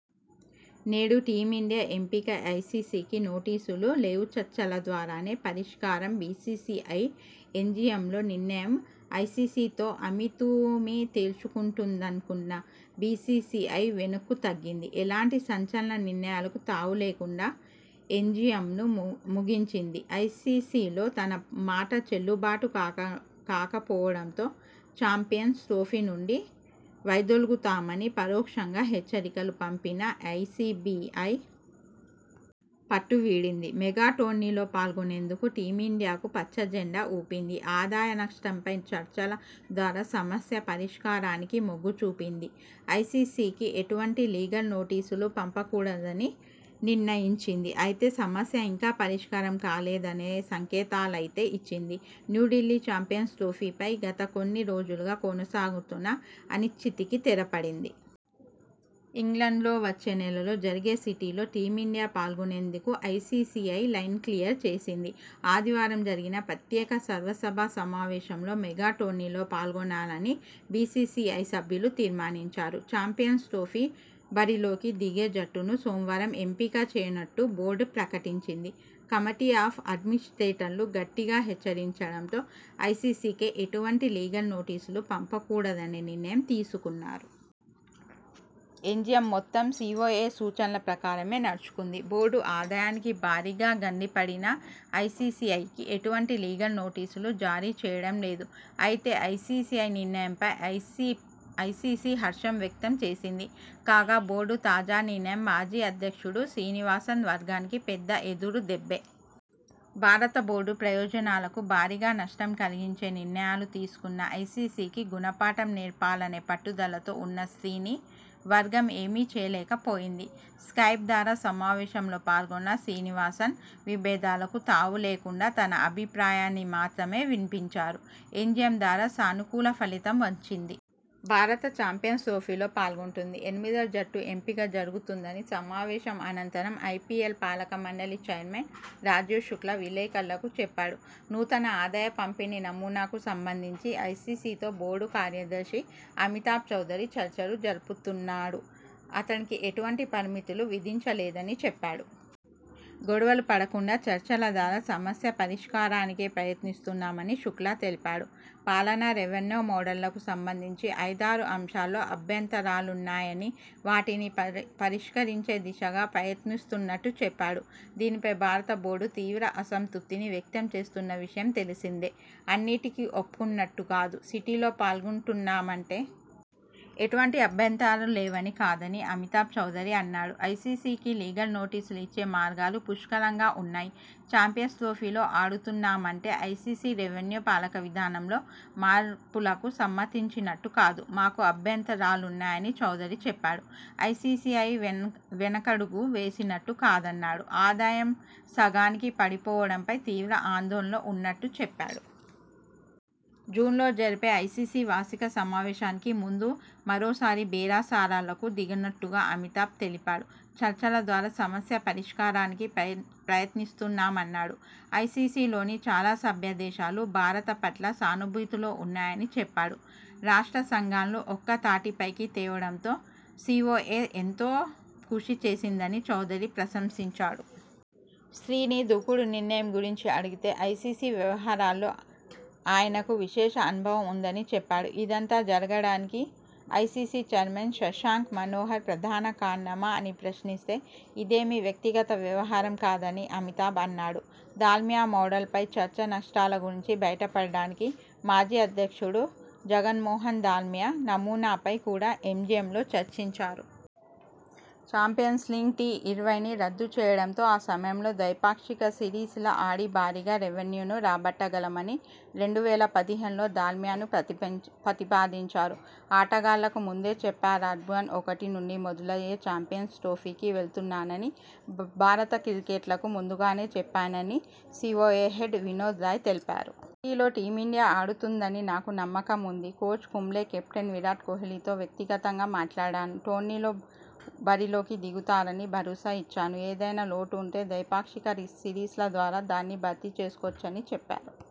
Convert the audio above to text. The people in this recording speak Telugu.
నేడు టీమిండియా ఎంపికఐసీసీకి నోటీసులు లేవుచర్చల ద్వారానే పరిష్కారంబీసీసీఐ ఎస్జీఎంలో నిర్ణయం ఐసీసీతో అమీతుమీ తేల్చుకుంటుందనుకున్న బీసీసీఐ.. వెనక్కు తగ్గింది. ఎలాంటి సంచలన నిర్ణయాలకు తావులేకుండా ఎస్జీఎంను ముగించింది. ఐసీసీలో తన మాట చెల్లుబాటు కాకపోవడంతో.. చాంపియన్స్ ట్రోఫీ నుంచి వైదొలుగుతామని పరోక్షంగా హెచ్చరికలు పంపిన బీసీసీఐ.. పట్టువీడింది. మెగా టోర్నీలో పాల్గొనేందుకు టీమిండియాకు పచ్చ జెండా ఊపింది. ఆదాయ నష్టంపై చర్చల ద్వారా సమస్య పరిష్కారానికి మొగ్గు చూపింది. ఐసీసీకి ఎటువంటి లీగల్ నోటీసులూ పంపకూడదని నిర్ణయించింది. అయితే సమస్య ఇంకా పరిష్కారం కాలేదనే సంకేతాలనైతే ఇచ్చింది..! న్యూఢిల్లీ చాంపియన్స్ ట్రోఫీ పై గత కొన్ని రోజులుగా కొనసాగుతున్న అనిశ్చితికి తెరపడింది. ఇంగ్లండ్లో వచ్చే నెలలో జరిగే సీటీలో టీమిండియా పాల్గొనేందుకు బీసీసీఐ లైన్క్లియర్ చేసింది. ఆదివారం జరిగిన ప్రత్యేక సర్వసభ్య సమావేశం లో మెగా టోర్నీలో పాల్గొనాలని బీసీసీఐ సభ్యులు తీర్మానించారు. చాంపియన్స్ ట్రోఫీ బరిలోకి దిగే జట్టును సోమవారం ఎంపిక చేయనున్నట్టు బోర్డు ప్రకటించింది. కమిటీ ఆఫ్ అడ్మినిస్ట్రేటర్లు గట్టిగా హెచ్చరించడంతో ఐసీసీకి ఎటువంటి లీగల్ నోటీసులు పంపకూడదనే నిర్ణయం తీసుకున్నారు. ఎస్జీఎం మొత్తం సీవోఏ సూచనల ప్రకారమే నడుచుకుంది. బోర్డు ఆదాయానికి భారీగా గండిపడినా ఐసీసీకి ఎటువంటి లీగల్ నోటీసులు జారీ చేయడం లేదు. అయితే బీసీసీఐ నిర్ణయంపై ఐసీసీ హర్షం వ్యక్తం చేసింది. కాగా, బోర్డు తాజా నిర్ణయం మాజీ అధ్యక్షుడు శ్రీనివాసన్ వర్గానికి పెద్ద ఎదురుదెబ్బే..! భారత బోర్డు ప్రయోజనాలకు భారీగా నష్టం కలిగించే నిర్ణయాలు తీసుకున్న ఐసీసీకి గుణపాఠం నేర్పాలనే పట్టుదలతో ఉన్న శ్రీని వర్గం.. ఏమీ చేయలేక పోయింది. స్కైప్ ద్వారా సమావేశంలో పాల్గొన్న శ్రీనివాసన్.. విభేదాలకు తావులేకుండా తన అభిప్రాయాన్ని మాత్రమే వినిపించారు. ఎస్జీఎం ద్వారా సానుకూల ఫలితం వచ్చింది. భారత చాంపియన్స్ ట్రోఫీలో పాల్గొంటుంది. ఎనిమిదిన జట్టు ఎంపిక జరుగుతుంద'ని సమావేశం అనంతరం ఐపీఎల్ పాలకమండలి చైర్మన్ రాజీవ్ శుక్లా విలేకరులకు చెప్పాడు. నూతన ఆదాయ పంపిణీ నమూనాకు సంబంధించి ఐసీసీతో బోర్డు కార్యదర్శి అమితాబ్ చౌదరి చర్చలు జరుపుతాడన్నాడు. అతడికి ఎటువంటి పరిమితులూ విధించలేదని చెప్పాడు. గొడవలు పడకుండా చర్చల ద్వారా సమస్య పరిష్కారానికే ప్రయత్నిస్తున్నామని శుక్లా తెలిపాడు. పాలన, రెవెన్యూ మోడళ్లకు సంబంధించి ఐదారు అంశాల్లో అభ్యంతరాలున్నాయని.. వాటిని పరిష్కరించే దిశగా ప్రయత్నిస్తున్నట్టు చెప్పా డు. దీనిపై భారత బోర్డు తీవ్ర అసంతృప్తిని వ్యక్తం చేస్తున్న విషయం తెలిసిందే. అన్నింటికీ ఒప్పుకున్నట్టు కాదు సీటీలో పాల్గొంటున్నామంటే.. ఎటువంటి అభ్యంతరాలూ లేవని కాదని అమితాబ్ చౌదరి అన్నాడు. ఐసీసీకి లీగల్ నోటీసులు ఇచ్చే మార్గాలు పుష్కలంగా ఉన్నాయి. చాంపియన్స్ ట్రోఫీలో ఆడుతున్నామంటే.. ఐసీసీ రెవెన్యూ, పాలక విధానంలో మార్పులకు సమ్మతించినట్టు కాదు. మాకు అభ్యంతరాలున్నాయని చౌదరి చెప్పాడు. ఐసీసీఐ వెనకడుగు వేసినట్టు కాదన్నాడు. ఆదాయం సగానికి పడిపోవడంపై తీవ్ర ఆందోళనలో ఉన్నట్టు చెప్పాడు. జూన్లో జరిగే ఐసీసీ వార్షిక సమావేశానికి ముందు మరోసారి బేరసారాలకు దిగనున్నట్టు అమితాబ్ తెలిపాడు. చర్చల ద్వారా సమస్య పరిష్కారానికి ప్రయత్నిస్తున్నామన్నాడు. ఐసీసీలోని చాలా సభ్యదేశాలు భారత పట్ల సానుభూతితో ఉన్నాయని చెప్పాడు. రాష్ట్ర సంఘాలను ఒక్క తాటిపైకి తేవడంతో సీవోఏ ఎంతో కృషి చేసిందని చౌదరి ప్రశంసించాడు. శ్రీని దూకుడు నిర్ణయం గురించి అడిగితే.. ఐసీసీ వ్యవహారాల్లో ఆ యనకు విశేష అనుభవం ఉందని చెప్పాడు. ఇదంతా జరగడానికి ఐసీసీ చైర్మన్ శశాంక్ మనోహర్ ప్రధాన కారణమా అని ప్రశ్నిస్తే.. ఇదేమీ వ్యక్తిగత వ్యవహా రం కాదని అమితాబ్ అన్నాడు. దాల్మియా మోడల్ పై చర్చ నష్టాల నుంచి బయటపడడానికి మాజీ అధ్యక్షుడు జగ్మోహన్ దాల్మియా నమూనాపై కూడా ఎస్జీఎంలో చర్చించారు. చాంపియన్స్ లీగ్ టీఇరవైని రద్దు చేయడంతో ఆ సమయంలో ద్వైపాక్షిక సిరీసల ఆడి భారీగా రెవెన్యూను రాబట్టగలమని రెండు వేల పదిహేనులో దాల్మియా ప్రతిపాదించారు. ఆటగాళ్లకు ముందే చెప్పా రాయ్జూన్ ఒకటి నుంచి మొదలయ్యే చాంపియన్స్ ట్రోఫీకి వెళ్తున్నారని భారత క్రికెటర్లకు ముందుగానే చెప్పానని సీవోఏ హెడ్ వినోద్ రాయ్ తెలిపారు. సీటీలో టీమిండియా ఆడుతుందని నాకు నమ్మకం ఉంది. కోచ్ కుంబ్లే, కెప్టెన్ విరాట్ కోహ్లీతో వ్యక్తిగతంగా మాట్లాడాను. టోర్నీలో బరిలోకి దిగుతారని భరోసా ఇచ్చాను. ఏదైనా లోటు ఉంటే ద్వైపాక్షిక సిరీస్ ల ద్వారా దాన్ని భర్తీ చేసుకోవచ్చని చెప్పారు.